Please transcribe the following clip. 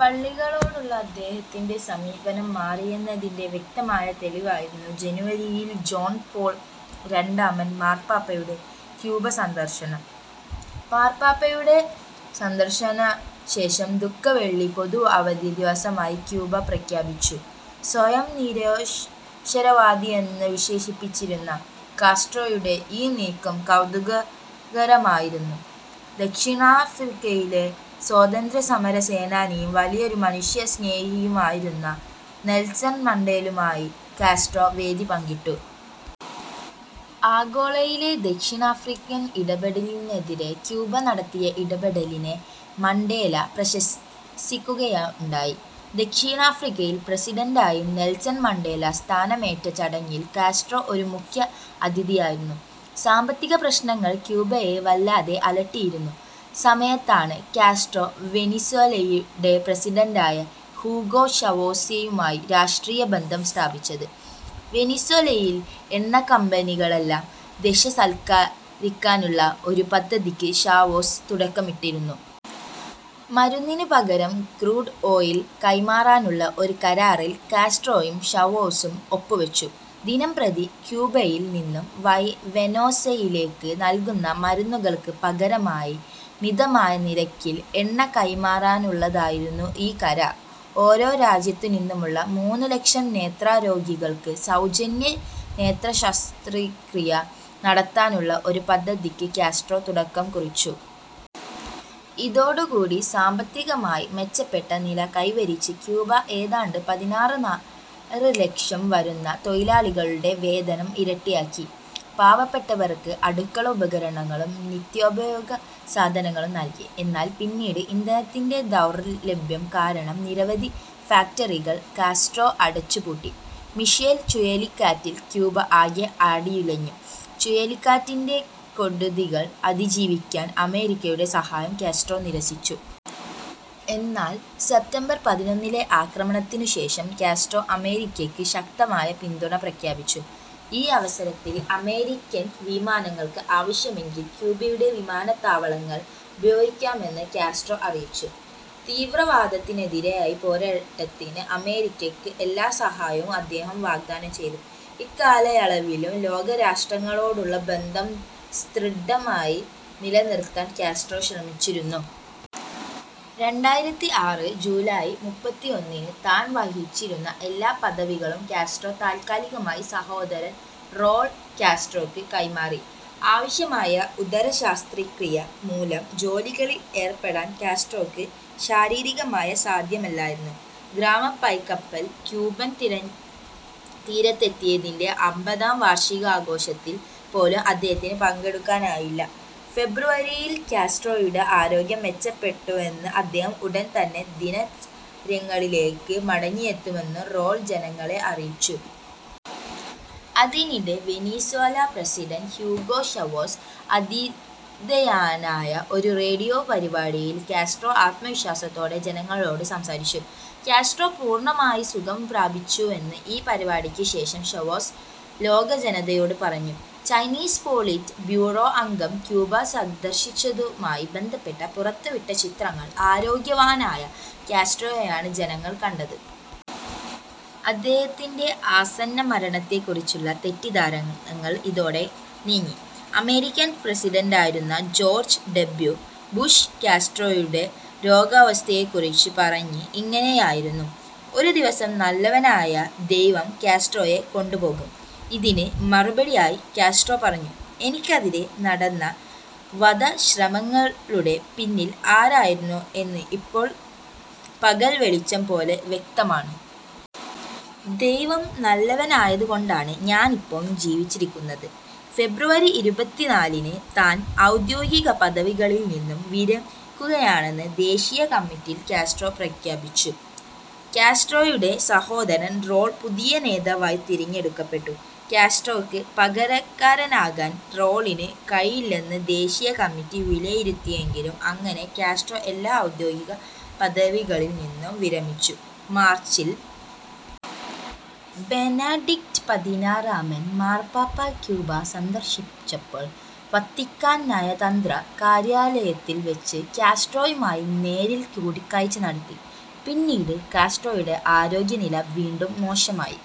പള്ളികളോടുള്ള അദ്ദേഹത്തിൻ്റെ സമീപനം മാറിയെന്നതിൻ്റെ വ്യക്തമായ തെളിവായിരുന്നു ജനുവരിയിൽ ജോൺ പോൾ രണ്ടാമൻ മാർപ്പാപ്പയുടെ ക്യൂബ സന്ദർശനം. മാർപ്പാപ്പയുടെ സന്ദർശനശേഷം ദുഃഖവെള്ളി പൊതു അവധി ദിവസമായി ക്യൂബ പ്രഖ്യാപിച്ചു. സ്വയം നിരീശ്വരവാദിയെന്ന് വിശേഷിപ്പിച്ചിരുന്ന കാസ്ട്രോയുടെ ഈ നീക്കം കൗതുകകരമായിരുന്നു. ദക്ഷിണാഫ്രിക്കയിലെ സ്വാതന്ത്ര്യസമരസേനാനിയും വലിയൊരു മനുഷ്യസ്നേഹിയുമായിരുന്ന നെൽസൺ മണ്ടേലയുമായി കാസ്ട്രോ വേദി പങ്കിട്ടു. അംഗോളയിലെ ദക്ഷിണാഫ്രിക്കൻ ഇടപെടലിനെതിരേ ക്യൂബ നടത്തിയ ഇടപെടലിനെ മണ്ടേല പ്രശംസിക്കുകയുണ്ടായി. ദക്ഷിണാഫ്രിക്കൻ പ്രസിഡന്റായി നെൽസൺ മണ്ടേല സ്ഥാനമേറ്റ ചടങ്ങിൽ കാസ്ട്രോ ഒരു മുഖ്യ അതിഥിയായിരുന്നു. സാമ്പത്തിക പ്രശ്നങ്ങൾ ക്യൂബയെ വല്ലാതെ അലട്ടിയിരുന്ന സമയത്താണ് കാസ്ട്രോ വെനിസ്വേലയുടെ പ്രസിഡന്റായ ഹ്യൂഗോ ഷാവേസുമായി രാഷ്ട്രീയ ബന്ധം സ്ഥാപിച്ചത്. വെനിസ്വേലയിലെ എണ്ണക്കമ്പനികളെല്ലാം ദേശസാൽക്കരിക്കാനുള്ള ഒരു പദ്ധതിക്ക് ഷാവേസ് തുടക്കമിട്ടിരുന്നു. മരുന്നിനു പകരം ക്രൂഡ് ഓയിൽ കൈമാറാനുള്ള ഒരു കരാറിൽ കാസ്ട്രോയും ഷാവേസും ഒപ്പുവെച്ചു. ദിനംപ്രതി ക്യൂബയിൽ നിന്ന് വെനിസ്വേലയിലേക്ക് നൽകുന്ന മരുന്നുകൾക്ക് പകരമായി മിതമായ നിരക്കിൽ എണ്ണ കൈമാറാനുള്ളതായിരുന്നു ഈ കരാർ. ഓരോ രാജ്യത്തു നിന്നുമുള്ള മൂന്നുലക്ഷം നേത്രരോഗികൾക്ക് സൗജന്യ നേത്രശസ്ത്രക്രിയ നടത്താനുള്ള ഒരു പദ്ധതിക്ക് കാസ്ട്രോ തുടക്കം കുറിച്ചു. ഇതോടുകൂടി സാമ്പത്തികമായി മെച്ചപ്പെട്ട നില കൈവരിച്ച ക്യൂബ ഏതാണ്ട് പതിനാറ് ലക്ഷം വരുന്ന തൊഴിലാളികളുടെ വേതനം ഇരട്ടിയാക്കി. പാവപ്പെട്ടവർക്ക് അടുക്കള ഉപകരണങ്ങളും നിത്യോപയോഗ സാധനങ്ങളും നൽകി. എന്നാൽ പിന്നീട് ഇന്ധനത്തിൻ്റെ ദൗർലഭ്യം കാരണം നിരവധി ഫാക്ടറികൾ കാസ്ട്രോ അടച്ചുപൂട്ടി. മിഷേൽ ചുഴലിക്കാറ്റിൽ ക്യൂബ ആകെ ആടിയുലഞ്ഞു. ചുഴലിക്കാറ്റിൻ്റെ കെടുതികളെ അതിജീവിക്കാൻ അമേരിക്കയുടെ സഹായം കാസ്ട്രോ നിരസിച്ചു. എന്നാൽ സെപ്റ്റംബർ പതിനൊന്നിലെ ആക്രമണത്തിനു ശേഷം കാസ്ട്രോ അമേരിക്കയ്ക്ക് ശക്തമായ പിന്തുണ പ്രഖ്യാപിച്ചു. ഈ അവസരത്തിൽ അമേരിക്കൻ വിമാനങ്ങൾക്ക് ആവശ്യമെങ്കിൽ ക്യൂബയുടെ വിമാനത്താവളങ്ങൾ ഉപയോഗിക്കാമെന്നും കാസ്ട്രോ അറിയിച്ചു. തീവ്രവാദത്തിനെതിരായ പോരാട്ടത്തിന് അമേരിക്കയ്ക്ക് എല്ലാ സഹായവും അദ്ദേഹം വാഗ്ദാനം ചെയ്തു. ഇക്കാലയളവിലും ലോകരാഷ്ട്രങ്ങളോടുള്ള ബന്ധം സുദൃഢമായി നിലനിർത്താൻ കാസ്ട്രോ ശ്രമിച്ചിരുന്നു. രണ്ടായിരത്തി ആറ് ജൂലൈ മുപ്പത്തിയൊന്നിന് താൻ വഹിച്ചിരുന്ന എല്ലാ പദവികളും കാസ്ട്രോ താൽക്കാലികമായി സഹോദരൻ റൗൾ കാസ്ട്രോയ്ക്ക് കൈമാറി. ആവശ്യമായ ഉദരശസ്ത്രക്രിയ മൂലം ജോലികളിൽ ഏർപ്പെടാൻ കാസ്ട്രോയ്ക്ക് ശാരീരികമായി സാധ്യമല്ലായിരുന്നു. ഗ്രന്മ പായ്ക്കപ്പൽ ക്യൂബൻ തീരത്തെത്തിയതിൻ്റെ അമ്പതാം വാർഷികാഘോഷത്തിൽ പോലും അദ്ദേഹത്തിന് പങ്കെടുക്കാനായില്ല. ഫെബ്രുവരിയിൽ കാസ്ട്രോയുടെ ആരോഗ്യം മെച്ചപ്പെട്ടുവെന്നും അദ്ദേഹം ഉടൻ തന്നെ ദിനചര്യകളിലേക്ക് മടങ്ങിയെത്തുമെന്നും റൗൾ ജനങ്ങളെ അറിയിച്ചു. അതിനിടെ വെനിസ്വേല പ്രസിഡന്റ് ഹ്യൂഗോ ഷാവേസ് ആതിഥേയനായ ഒരു റേഡിയോ പരിപാടിയിൽ കാസ്ട്രോ ആത്മവിശ്വാസത്തോടെ ജനങ്ങളോട് സംസാരിച്ചു. കാസ്ട്രോ പൂർണമായി സുഖം പ്രാപിച്ചുവെന്ന് ഈ പരിപാടിക്ക് ശേഷം ഷാവേസ് ലോകജനതയോട് പറഞ്ഞു. ചൈനീസ് പോളിറ്റ് ബ്യൂറോ അംഗം ക്യൂബ സന്ദർശിച്ചതുമായി ബന്ധപ്പെട്ട് പുറത്തുവിട്ട ചിത്രങ്ങളിൽ ആരോഗ്യവാനായ കാസ്ട്രോയെയാണ് ജനങ്ങൾ കണ്ടത്. അദ്ദേഹത്തിൻ്റെ ആസന്നമരണത്തെക്കുറിച്ചുള്ള തെറ്റിദ്ധാരണകൾ ഇതോടെ നീങ്ങി. അമേരിക്കൻ പ്രസിഡന്റായിരുന്ന ജോർജ് ഡബ്ല്യു. ബുഷ് കാസ്ട്രോയുടെ രോഗാവസ്ഥയെക്കുറിച്ച് പറഞ്ഞത് ഇങ്ങനെയായിരുന്നു: ഒരു ദിവസം നല്ലവനായ ദൈവം കാസ്ട്രോയെ കൊണ്ടുപോകും. ഇതിന് മറുപടിയായി കാസ്ട്രോ പറഞ്ഞു എനിക്കെതിരെ നടന്ന വധശ്രമങ്ങളുടെ പിന്നിൽ ആരായിരുന്നു എന്ന് ഇപ്പോൾ പകൽവെളിച്ചം പോലെ വ്യക്തമാണ്. ദൈവം നല്ലവനായതുകൊണ്ടാണ് ഞാൻ ഇപ്പോഴും ജീവിച്ചിരിക്കുന്നത്."ഫെബ്രുവരി ഇരുപത്തിനാലിന് താൻ ഔദ്യോഗിക പദവികളിൽ നിന്ന് വിരമിക്കുകയാണെന്ന് ദേശീയ കമ്മിറ്റിയിൽ കാസ്ട്രോ പ്രഖ്യാപിച്ചു. കാസ്ട്രോയുടെ സഹോദരൻ റൗൾ പുതിയ നേതാവായി തിരഞ്ഞെടുക്കപ്പെട്ടു. കാസ്ട്രോയ്ക്ക് പകരക്കാരനാകാൻ റൗളിന് കഴിയില്ലെന്ന് ദേശീയ കമ്മിറ്റി വിലയിരുത്തിയെങ്കിലും, അങ്ങനെ കാസ്ട്രോ എല്ലാ ഔദ്യോഗിക പദവികളിൽ നിന്നും വിരമിച്ചു. മാർച്ചിൽ ബെനഡിക്ട് പതിനാറാമൻ മാർപ്പാപ്പ ക്യൂബ സന്ദർശിച്ചപ്പോൾ വത്തിക്കാൻ നയതന്ത്ര കാര്യാലയത്തിൽ വെച്ച് കാസ്ട്രോയുമായി നേരിൽ കൂടിക്കാഴ്ച നടത്തി. പിന്നീട് കാസ്ട്രോയുടെ ആരോഗ്യനില വീണ്ടും മോശമായി.